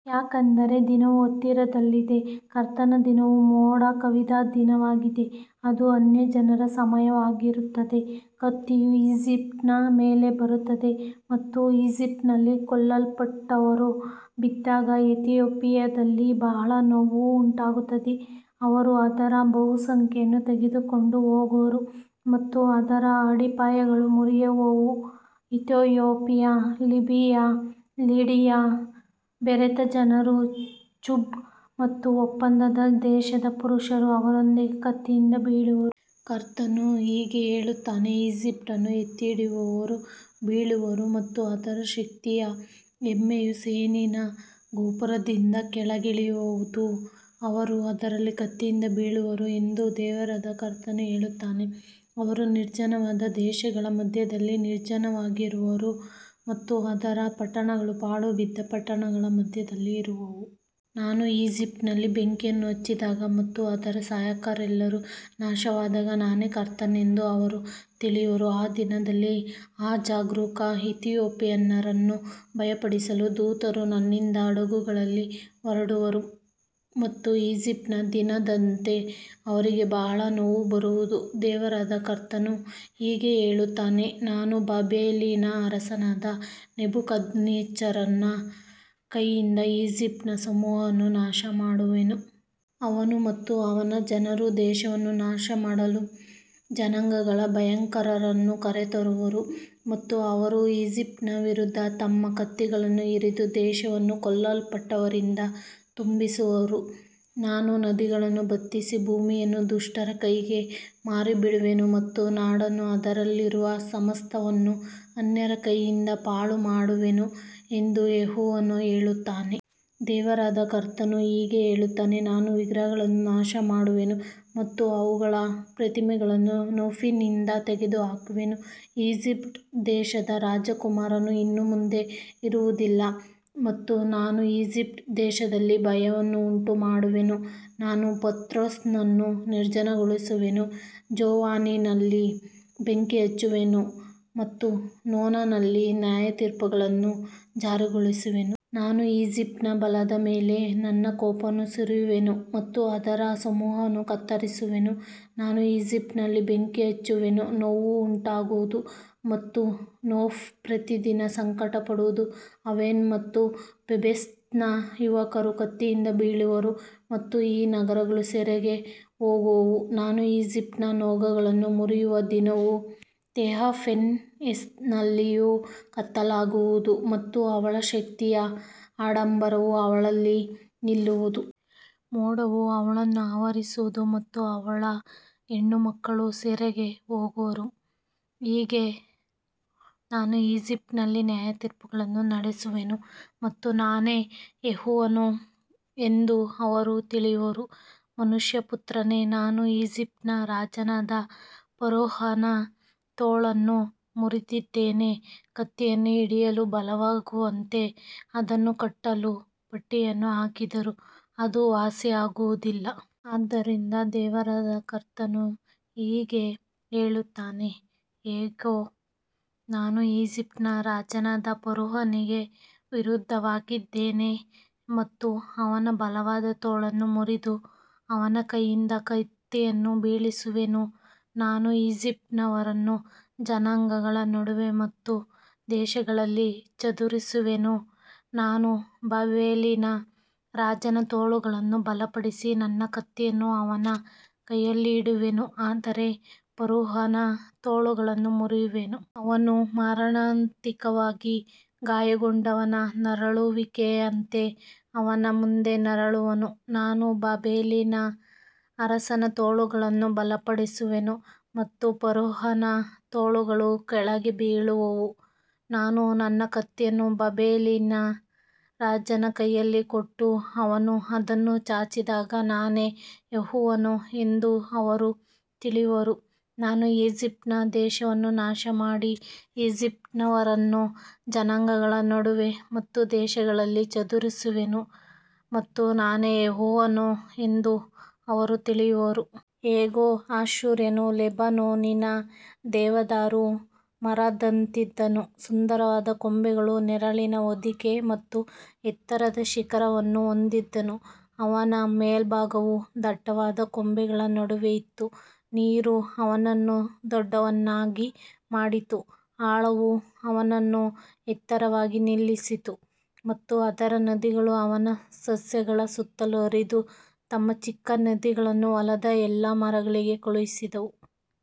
ಯಾಕಂದರೆ ದಿನವು ಹತ್ತಿರದಲ್ಲಿದೆ, ಕರ್ತನ ದಿನವು ಮೋಡ ಕವಿದ ದಿನವಾಗಿದೆ, ಅದು ಅನ್ಯಜನರ ಸಮಯವಾಗಿರುತ್ತದೆ. ಕತ್ತಿಯು ಈಜಿಪ್ಟಿನ ಮೇಲೆ ಬರುತ್ತದೆ ಮತ್ತು ಈಜಿಪ್ಟಿನಲ್ಲಿ ಕೊಲ್ಲಲ್ಪಟ್ಟವರು ಬಿದ್ದಾಗ ಇಥಿಯೋಪಿಯಾದಲ್ಲಿ ಬಹಳ ನೋವು ಉಂಟಾಗುತ್ತದೆ. ಅವರು ಅದರ ಬಹುಸಂಖ್ಯೆಯನ್ನು ತೆಗೆದುಕೊಂಡು ಹೋಗುವರು ಮತ್ತು ಅದರ ಅಡಿಪಾಯಗಳು ಮುರಿಯುವವು. ಇಥಿಯೋಪಿಯ, ಲಿಬಿಯಾ, ಲಿಡಿಯಾ, ಬೆರೆತ ಜನರು, ಚುಬ್ ಮತ್ತು ಒಪ್ಪಂದದ ದೇಶದ ಪುರುಷರು ಅವರೊಂದಿಗೆ ಕತ್ತಿಯಿಂದ ಬೀಳುವರು. ಕರ್ತನು ಹೀಗೆ ಹೇಳುತ್ತಾನೆ, ಈಜಿಪ್ಟನ್ನು ಎತ್ತಿಹಿಡಿಯುವವರು ಬೀಳುವರು ಮತ್ತು ಅದರ ಶಕ್ತಿಯ ಹೆಮ್ಮೆಯು ಸೈನೆನ ಗೋಪುರದಿಂದ ಕೆಳಗಿಳಿಯುವುದು. ಅವರು ಅದರಲ್ಲಿ ಕತ್ತಿಯಿಂದ ಬೀಳುವರು ಎಂದು ದೇವರಾದ ಕರ್ತನು ಹೇಳುತ್ತಾನೆ. ಅವರು ನಿರ್ಜನವಾದ ದೇಶಗಳ ಮಧ್ಯದಲ್ಲಿ ನಿರ್ಜನವಾಗಿರುವರು ಮತ್ತು ಅದರ ಪಟ್ಟಣಗಳು ಪಾಳುಬಿದ್ದ ಪಟ್ಟಣಗಳ ಮಧ್ಯದಲ್ಲಿ ಇರುವವು. ನಾನು ಈಜಿಪ್ಟಿನಲ್ಲಿ ಬೆಂಕಿಯನ್ನು ಹಚ್ಚಿದಾಗ ಮತ್ತು ಅದರ ಸಹಾಯಕರೆಲ್ಲರೂ ನಾಶವಾದಾಗ ನಾನೇ ಕರ್ತನೆಂದು ಅವರು ತಿಳಿಯುವರು. ಆ ದಿನದಲ್ಲಿ ಅಜಾಗರೂಕ ಇಥಿಯೋಪಿಯನ್ನರನ್ನು ಭಯಪಡಿಸಲು ದೂತರು ನನ್ನಿಂದ ಹಡಗುಗಳಲ್ಲಿ ಹೊರಡುವರು ಮತ್ತು ಈಜಿಪ್ಟಿನ ದಿನದಂತೆ ಅವರಿಗೆ ಬಹಳ ನೋವು ಬರುವುದು. ದೇವರಾದ ಕರ್ತನು ಹೀಗೆ ಹೇಳುತ್ತಾನೆ, ನಾನು ಬಾಬೆಲಿನ ಅರಸನಾದ ನೆಬುಕದ್ರೆಜ್ಜರನ ಕೈಯಿಂದ ಈಜಿಪ್ಟಿನ ಸಮೂಹವನ್ನು ನಾಶಮಾಡುವೆನು. ಅವನು ಮತ್ತು ಅವನ ಜನರು ದೇಶವನ್ನು ನಾಶಮಾಡಲು ಜನಾಂಗಗಳ ಭಯಂಕರರನ್ನು ಕರೆತರುವರು ಮತ್ತು ಅವರು ಈಜಿಪ್ಟಿನ ವಿರುದ್ಧ ತಮ್ಮ ಕತ್ತಿಗಳನ್ನು ಹಿರಿದು ದೇಶವನ್ನು ಕೊಲ್ಲಲ್ಪಟ್ಟವರಿಂದ ತುಂಬಿಸುವರು. ನಾನು ನದಿಗಳನ್ನು ಬತ್ತಿಸಿ ಭೂಮಿಯನ್ನು ದುಷ್ಟರ ಕೈಗೆ ಮಾರಿಬಿಡುವೆನು ಮತ್ತು ನಾಡನ್ನೂ ಅದರಲ್ಲಿರುವ ಸಮಸ್ತವನ್ನೂ ಅನ್ಯರ ಕೈಯಿಂದ ಪಾಳುಮಾಡುವೆನು ಎಂದು ಯೆಹೋವನು ಹೇಳುತ್ತಾನೆ. ದೇವರಾದ ಕರ್ತನು ಹೀಗೆ ಹೇಳುತ್ತಾನೆ, ನಾನು ವಿಗ್ರಹಗಳನ್ನು ನಾಶಮಾಡುವೆನು ಮತ್ತು ಅವುಗಳ ಪ್ರತಿಮೆಗಳನ್ನು ನೋಫ್ನಿಂದ ತೆಗೆದುಹಾಕುವೆನು. ಈಜಿಪ್ಟ್ ದೇಶದ ರಾಜಕುಮಾರನು ಇನ್ನು ಮುಂದೆ ಇರುವುದಿಲ್ಲ ಮತ್ತು ನಾನು ಈಜಿಪ್ಟ್ ದೇಶದಲ್ಲಿ ಭಯವನ್ನು ಉಂಟುಮಾಡುವೆನು. ನಾನು ಪತ್ರೋಸನ್ನು ನಿರ್ಜನಗೊಳಿಸುವೆನು, ಝೋವಾನಿನಲ್ಲಿ ಬೆಂಕಿ ಹಚ್ಚುವೆನು ಮತ್ತು ನೋನಲ್ಲಿ ನ್ಯಾಯತೀರ್ಪುಗಳನ್ನು ಜಾರಿಗೊಳಿಸುವೆನು. ನಾನು ಈಜಿಪ್ಟಿನ ಬಲದ ಮೇಲೆ ನನ್ನ ಕೋಪವನ್ನು ಸುರಿಯುವೆನು ಮತ್ತು ಅದರ ಸಮೂಹವನ್ನು ಕತ್ತರಿಸುವೆನು. ನಾನು ಈಜಿಪ್ಟಿನಲ್ಲಿ ಬೆಂಕಿ ಹಚ್ಚುವೆನು, ನೋವು ಉಂಟಾಗುವುದು ಮತ್ತು ನೋಫ್ ಪ್ರತಿದಿನ ಸಂಕಟಪಡುವುದು. ಆವೆನ್ ಮತ್ತು ಪಿಬೆಸೆತ್ನ ಯುವಕರು ಕತ್ತಿಯಿಂದ ಬೀಳುವರು ಮತ್ತು ಈ ನಗರಗಳು ಸೆರೆಗೆ ಹೋಗುವವು. ನಾನು ಈಜಿಪ್ಟಿನ ನೊಗಗಳನ್ನು ಮುರಿಯುವ ದಿನವು ತೆಹಫ್ನೆಹೆಸ್ನಲ್ಲಿಯೂ ಕತ್ತಲಾಗುವುದು ಮತ್ತು ಅವಳ ಶಕ್ತಿಯ ಆಡಂಬರವು ಅವಳಲ್ಲಿ ನಿಲ್ಲುವುದು. ಮೋಡವು ಅವಳನ್ನು ಆವರಿಸುವುದು ಮತ್ತು ಅವಳ ಹೆಣ್ಣುಮಕ್ಕಳು ಸೆರೆಗೆ ಹೋಗುವರು. ಹೀಗೆ ನಾನು ಈಜಿಪ್ಟಿನಲ್ಲಿ ನ್ಯಾಯತೀರ್ಪುಗಳನ್ನು ನಡೆಸುವೆನು ಮತ್ತು ನಾನೇ ಯೆಹೋವನು ಎಂದು ಅವರು ತಿಳಿಯುವರು. ಮನುಷ್ಯಪುತ್ರನೇ, ನಾನು ಈಜಿಪ್ಟಿನ ರಾಜನಾದ ಫರೋಹನ ತೋಳನ್ನು ಮುರಿದಿದ್ದೇನೆ. ಕತ್ತಿಯನ್ನು ಹಿಡಿಯಲು ಬಲವಾಗುವಂತೆ ಅದನ್ನು ಕಟ್ಟಲು ಪಟ್ಟಿಯನ್ನು ಹಾಕಿದರೂ ಅದು ವಾಸಿಯಾಗುವುದಿಲ್ಲ. ಆದದರಿಂದ ದೇವರಾದ ಕರ್ತನು ಹೀಗೆ ಹೇಳುತ್ತಾನೆ, ಇಗೋ, ನಾನು ಈಜಿಪ್ಟಿನ ರಾಜನಾದ ಫರೋಹನಿಗೆ ವಿರೋಧವಾಗಿದ್ದೇನೆ ಮತ್ತು ಅವನ ಬಲವಾದ ತೋಳನ್ನು ಮುರಿದು ಅವನ ಕೈಯಿಂದ ಕತ್ತಿಯನ್ನು ಬೀಳಿಸುವೆನು. ನಾನು ಈಜಿಪ್ಟಿನವರನ್ನು ಜನಾಂಗಗಳ ನಡುವೆ ಮತ್ತು ದೇಶಗಳಲ್ಲಿ ಚದುರಿಸುವೆನು. ನಾನು ಬಾಬೆಲಿನ ರಾಜನ ತೋಳುಗಳನ್ನು ಬಲಪಡಿಸಿ ನನ್ನ ಕತ್ತಿಯನ್ನು ಅವನ ಕೈಯಲ್ಲಿ ಇಡುವೆನು, ಆದರೆ ಫರೋಹನ ತೋಳುಗಳನ್ನು ಮುರಿಯುವೆನು. ಅವನು ಮಾರಣಾಂತಿಕವಾಗಿ ಗಾಯಗೊಂಡವನ ನರಳುವಿಕೆಯಂತೆ ಅವನ ಮುಂದೆ ನರಳುವನು. ನಾನು ಬಾಬೆಲಿನ ಅರಸನ ತೋಳುಗಳನ್ನು ಬಲಪಡಿಸುವೆನು ಮತ್ತು ಫರೋಹನ ತೋಳುಗಳು ಕೆಳಗೆ ಬೀಳುವವು. ನಾನು ನನ್ನ ಕತ್ತಿಯನ್ನು ಬಾಬೆಲಿನ ರಾಜನ ಕೈಯಲ್ಲಿ ಕೊಟ್ಟು ಅವನು ಅದನ್ನು ಚಾಚಿದಾಗ ನಾನೇ ಯೆಹೋವನು ಎಂದು ಅವರು ತಿಳಿಯುವರು. ನಾನು ಈಜಿಪ್ಟ್ ದೇಶವನ್ನು ನಾಶಮಾಡಿ ಈಜಿಪ್ಟಿನವರನ್ನು ಜನಾಂಗಗಳ ನಡುವೆ ಮತ್ತು ದೇಶಗಳಲ್ಲಿ ಚದುರಿಸುವೆನು ಮತ್ತು ನಾನೇ ಯೆಹೋವನು ಎಂದು ಅವರು ತಿಳಿಯುವರು. ಇಗೋ, ಅಶ್ಶೂರ್ಯನು ಲೆಬನೋನಿನ ದೇವದಾರು ಮರದಂತಿದ್ದನು, ಸುಂದರವಾದ ಕೊಂಬೆಗಳು, ನೆರಳಿನ ಹೊದಿಕೆ ಮತ್ತು ಎತ್ತರದ ಶಿಖರವನ್ನು ಹೊಂದಿದ್ದನು, ಅವನ ಮೇಲ್ಭಾಗವು ದಟ್ಟವಾದ ಕೊಂಬೆಗಳ ನಡುವೆ ಇತ್ತು. ನೀರು ಅವನನ್ನು ದೊಡ್ಡವನನ್ನಾಗಿ ಮಾಡಿತು, ಆಳವು ಅವನನ್ನು ಎತ್ತರವಾಗಿ ನಿಲ್ಲಿಸಿತು ಮತ್ತು ಅದರ ನದಿಗಳು ಅವನ ಸಸ್ಯಗಳ ಸುತ್ತಲೂ ಹರಿದು ತಮ್ಮ ಚಿಕ್ಕ ನದಿಗಳನ್ನು ಹೊಲದ ಎಲ್ಲಾ ಮರಗಳಿಗೆ ಕಳುಹಿಸಿದವು.